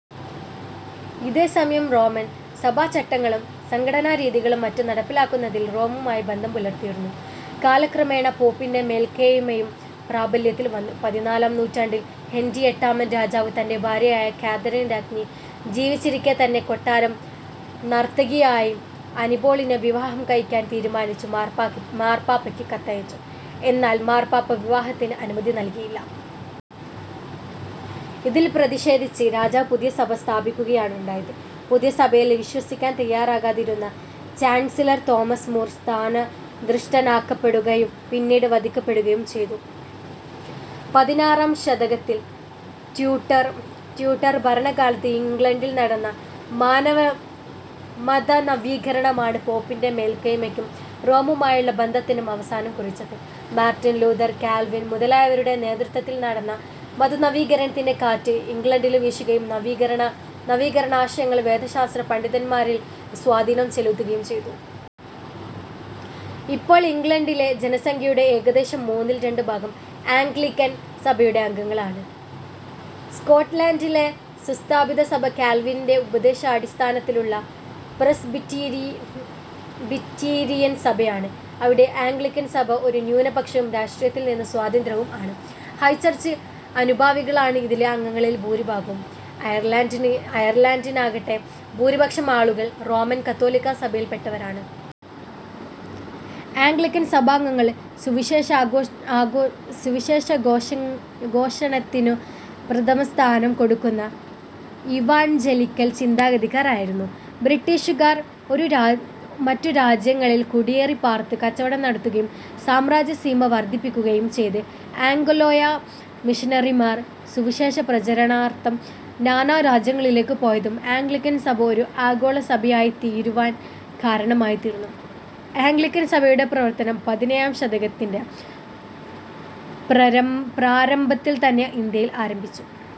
അതേസമയം റോമൻ സഭാചട്ടങ്ങളും സംഘടനാരീതികളും മറ്റും നടപ്പിലാക്കുന്നതിൽ റോമുമായി ബന്ധം പുലർത്തിയിരുന്നു. കാലക്രമേണ പോപ്പിന്റെ മേൽക്കോയ്മയും പ്രാബല്യത്തിൽവന്നു. പതിനാലാം നൂറ്റാണ്ടിൽ ഹെന്റി എട്ടാമൻ രാജാവ്, തന്റെ ഭാര്യയായ കാതറിൻ രാജ്ഞി ജീവിച്ചിരിക്കെതന്നെ കൊട്ടാരം നർത്തകിയായ അനിബോളിനെ വിവാഹം കഴിക്കാൻ തീരുമാനിച്ച് മാർപാപ്പയ്ക്ക് കത്തയച്ചു. എന്നാൽ മാർപാപ്പ വിവാഹത്തിന് അനുവാദം നല്കിയില്ല. ഇതിൽ പ്രതിക്ഷേധിച്ച് രാജാവ് പുതിയ സഭ സ്ഥാപിക്കുകയാണുണ്ടായത്. പുതിയ സഭയിൽ വിശ്വസിക്കാൻ തയ്യാറാകാതിരുന്ന ചാൻസിലർ തോമസ് മൂർ സ്ഥാനഭൃഷ്ടനാക്കപ്പെടുകയും പിന്നീട് വധിക്കപ്പെടുകയും ചെയ്തു. പതിനാറാം ശതകത്തിൽ റ്റ്യൂഡർ ഭരണകാലത്ത് ഇംഗ്ലണ്ടിൽ നടന്ന മതനവീകരണമാണ് പോപ്പിന്റെ മേൽക്കോയ്മയ്ക്കും റോമുമായുള്ള ബന്ധത്തിനും അവസാനം കുറിച്ചത്. മാർട്ടിൻ ലൂഥർ, കാൽവിൻ, മുതലയാവരുടെ നേതൃത്വത്തിൽ നടന്ന മതനവീകരണത്തിന്റെ കാറ്റ് ഇംഗ്ലണ്ടിലും വീശുകയും നവീകരണാശയങ്ങൾ വേദശാസ്ത്ര പണ്ഡിതൻമാരിൽ സ്വാധീനം ചെലുത്തുകയും ചെയ്തു. ഇപ്പോൾ ഇംഗ്ളണ്ടിലെ ജനസംഖ്യയുടെ ഏകദേശം മൂന്നിൽ രണ്ടുഭാഗം ആംഗ്ലിക്കൻ സഭയുടെ അംഗങ്ങളാണ്. സ്കോട്ട്ലൻഡിലെ സുസ്ഥാപിതസഭ കാൽവിന്റെ ഉപദേശാടിസ്ഥാനത്തിലുള്ള പ്രെസ്ബിറ്റീരിയൻ സഭയാണ്. അവിടെ ആംഗ്ളിക്കൻ സഭ ഒരു ന്യൂനപക്ഷവും രാഷ്ട്രത്തിൽനിന്നു സ്വതന്ത്രവും ആണ്. ഹൈചർച്ച് അനുഭാവികളാണ് ഇതിലെ അംഗങ്ങളിൽ ഭൂരിഭാഗവും. അയർലൻഡിലാകട്ടെ, ഭൂരിപക്ഷം ആളുകൾ റോമൻ കത്തോലിക്കാസഭയിൽപ്പെട്ടവരാണ്. ആംഗ്ലിക്കൻ സഭാംഗങ്ങൾ സുവിശേഷഘോഷണത്തിനു പ്രഥമസ്ഥാനം കൊടുക്കുന്ന ഇവാൻജലിക്കൽ ചിന്താഗതിക്കാർ ആകുന്നു. ബ്രിട്ടീഷുകാർ മറ്റു രാജ്യങ്ങളിൽ കുടിയേറിപ്പാർത്ത് കച്ചവടം നടത്തുകയും സാമ്രാജ്യസീമ വർധിപ്പിക്കുകയും ചെയ്തതും ആംഗലേയ മിഷനറിമാർ സുവിശേഷപ്രചരണാർഥം നാനാരാജ്യങ്ങളിലേക്കു പോയതും ആംഗ്ലിക്കൻസഭ ഒരു ആഗോളസഭയായിത്തീരുവാൻ കാരണമായിത്തീർന്നു. ആംഗ്ലിക്കൻസഭയുടെ പ്രവർത്തനം പതിനേഴാം ശതകത്തിന്റെ പ്രാരംഭത്തിൽത്തന്നെ ഇന്ത്യയിൽ ആരംഭിച്ചു.